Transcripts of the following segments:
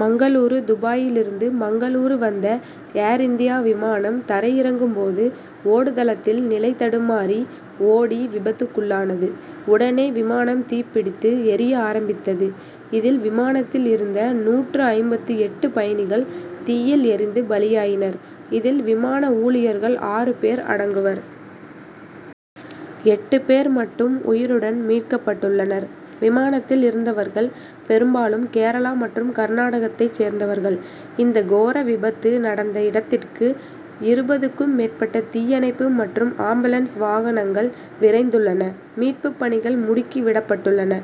மங்களூரூ துபாயிலிருந்து மங்களூரூ வந்த ஏர் இந்தியா விமானம் தரை இறங்கும்போது ஓடுதளத்தில் நிலை தடுமாறி ஓடி விபத்திற்குள்ளானது. உடனே விமானம் தீப்பிடித்து எரிய ஆரம்பித்தது. இதில் விமானத்தில் இருந்த நூற்று ஐம்பத்து எட்டு பயணிகள் தீயில் எரிந்து பலியாயினர். இதில் விமான ஊழியர்கள் ஆறு பேர் அடங்குவர். எட்டு பேர் மட்டும் உயிருடன் மீட்கப்பட்டுள்ளனர். விமானத்தில் இருந்தவர்கள் பெரும்பாலும் கேரளா மற்றும் கர்நாடகத்தைச் சேர்ந்தவர்கள். இந்த கோர விபத்து நடந்த இடத்திற்கு இருபதுக்கும் மேற்பட்ட தீயணைப்பு மற்றும் ஆம்புலன்ஸ் வாகனங்கள் விரைந்துள்ளன. மீட்புப் பணிகள் முடுக்கி விடப்பட்டுள்ளன.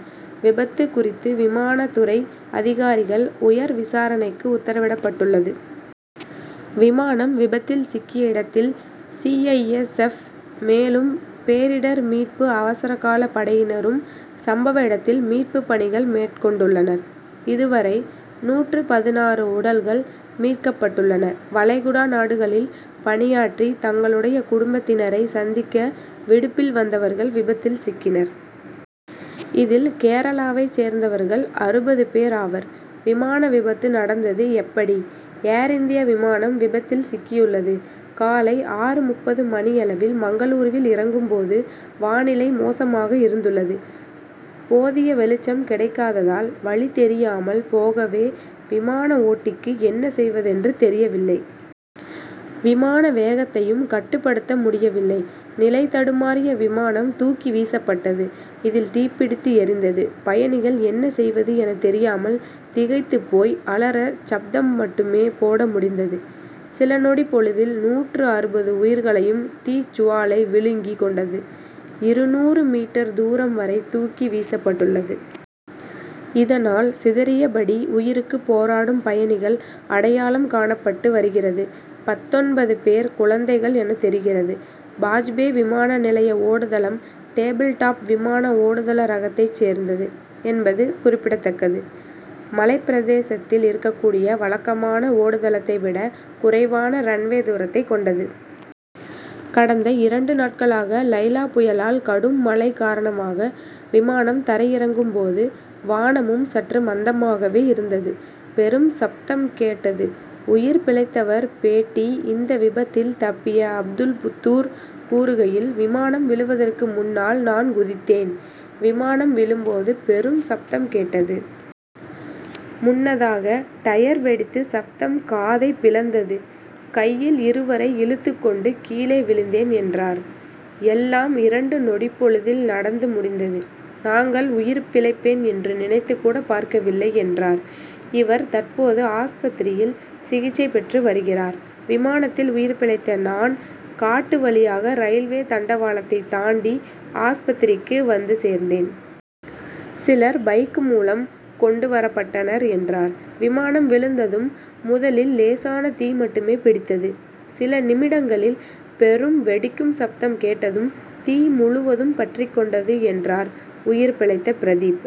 விபத்து குறித்து விமான துறை அதிகாரிகள் உயர் விசாரணைக்கு உத்தரவிடப்பட்டுள்ளது. விமானம் விபத்தில் சிக்கிய இடத்தில் சி. ஐ. எஸ். எப். மேலும் பேரிடர் மீட்பு அவசரகால படையினரும் சம்பவ இடத்தில் மீட்பு பணிகள் மேற்கொண்டுள்ளனர். இதுவரை நூற்று பதினாறு உடல்கள் மீட்கப்பட்டுள்ளன. வளைகுடா நாடுகளில் பணியாற்றி தங்களுடைய குடும்பத்தினரை சந்திக்க விடுப்பில் வந்தவர்கள் விபத்தில் சிக்கினர். இதில் கேரளாவை சேர்ந்தவர்கள் அறுபது பேர் ஆவர். விமான விபத்து நடந்தது எப்படி? ஏர் இந்திய விமானம் விபத்தில் சிக்கியுள்ளது. காலை ஆறு முப்பது மணியளவில் மங்களூருவில் இறங்கும்போது வானிலை மோசமாக இருந்துள்ளது. போதிய வெளிச்சம் கிடைக்காதததால் வழி தெரியாமல் போகவே விமான ஓட்டிக்கு என்ன செய்வதென்று தெரியவில்லை. விமான வேகத்தையும் கட்டுப்படுத்த முடியவில்லை. நிலைதடுமாறிய விமானம் தூக்கி வீசப்பட்டது. இதில் தீப்பிடித்து எரிந்தது. பயணிகள் என்ன செய்வது என தெரியாமல் திகைத்து போய் அலறல் சப்தம் மட்டுமே போட முடிந்தது. சில நொடிப்பொழுதில் நூற்று அறுபது உயிர்களையும் தீச்சுவாலை விழுங்கி கொண்டது. இருநூறு மீட்டர் தூரம் வரை தூக்கி வீசப்பட்டுள்ளது. இதனால் சிதறியபடி உயிருக்கு போராடும் பயணிகள் அடையாளம் காணப்பட்டு வருகிறது. பத்தொன்பது பேர் குழந்தைகள் என தெரிகிறது. பாஜ்பே விமான நிலைய ஓடுதளம் டேபிள் டாப் விமான ஓடுதள ரகத்தைச் சேர்ந்தது என்பது குறிப்பிடத்தக்கது. மலைப்பிரதேசத்தில் இருக்கக்கூடிய வழக்கமான ஓடுதளத்தை விட குறைவான ரன்வே தூரத்தை கொண்டது. கடந்த இரண்டு நாட்களாக லைலா புயலால் கடும் மழை காரணமாக விமானம் தரையிறங்கும் போது வானமும் சற்று மந்தமாகவே இருந்தது. பெரும் சப்தம் கேட்டது உயிர் பிழைத்தவர் பேட்டி இந்த விபத்தில் தப்பிய அப்துல்புத்தூர் கூறுகையில் விமானம் விழுவதற்கு முன்னால் நான் குதித்தேன். விமானம் விழும் போது பெரும் சப்தம் கேட்டது. முன்னதாக டயர் வெடித்து சப்தம் காதை பிளந்தது. கையில் இருவரை இழுத்து கொண்டு கீழே விழுந்தேன் என்றார். எல்லாம் இரண்டு நொடிப்பொழுதில் நடந்து முடிந்தது. நாங்கள் உயிர் பிழைப்பேன் என்று நினைத்துகூட பார்க்கவில்லை என்றார். இவர் தற்போது ஆஸ்பத்திரியில் சிகிச்சை பெற்று வருகிறார். விமானத்தில் உயிர்பிழைத்த நான் காட்டு வழியாக ரயில்வே தண்டவாளத்தை தாண்டி ஆஸ்பத்திரிக்கு வந்து சேர்ந்தேன். சிலர் பைக் மூலம் கொண்டு வரப்பட்டனர் என்றார். விமானம் விழுந்ததும் முதலில் லேசான தீ மட்டுமே பிடித்தது. சில நிமிடங்களில் பெரும் வெடிக்கும் சப்தம் கேட்டதும் தீ முழுவதும் பற்றிக்கொண்டது என்றார் உயிர் பிழைத்த பிரதீப்.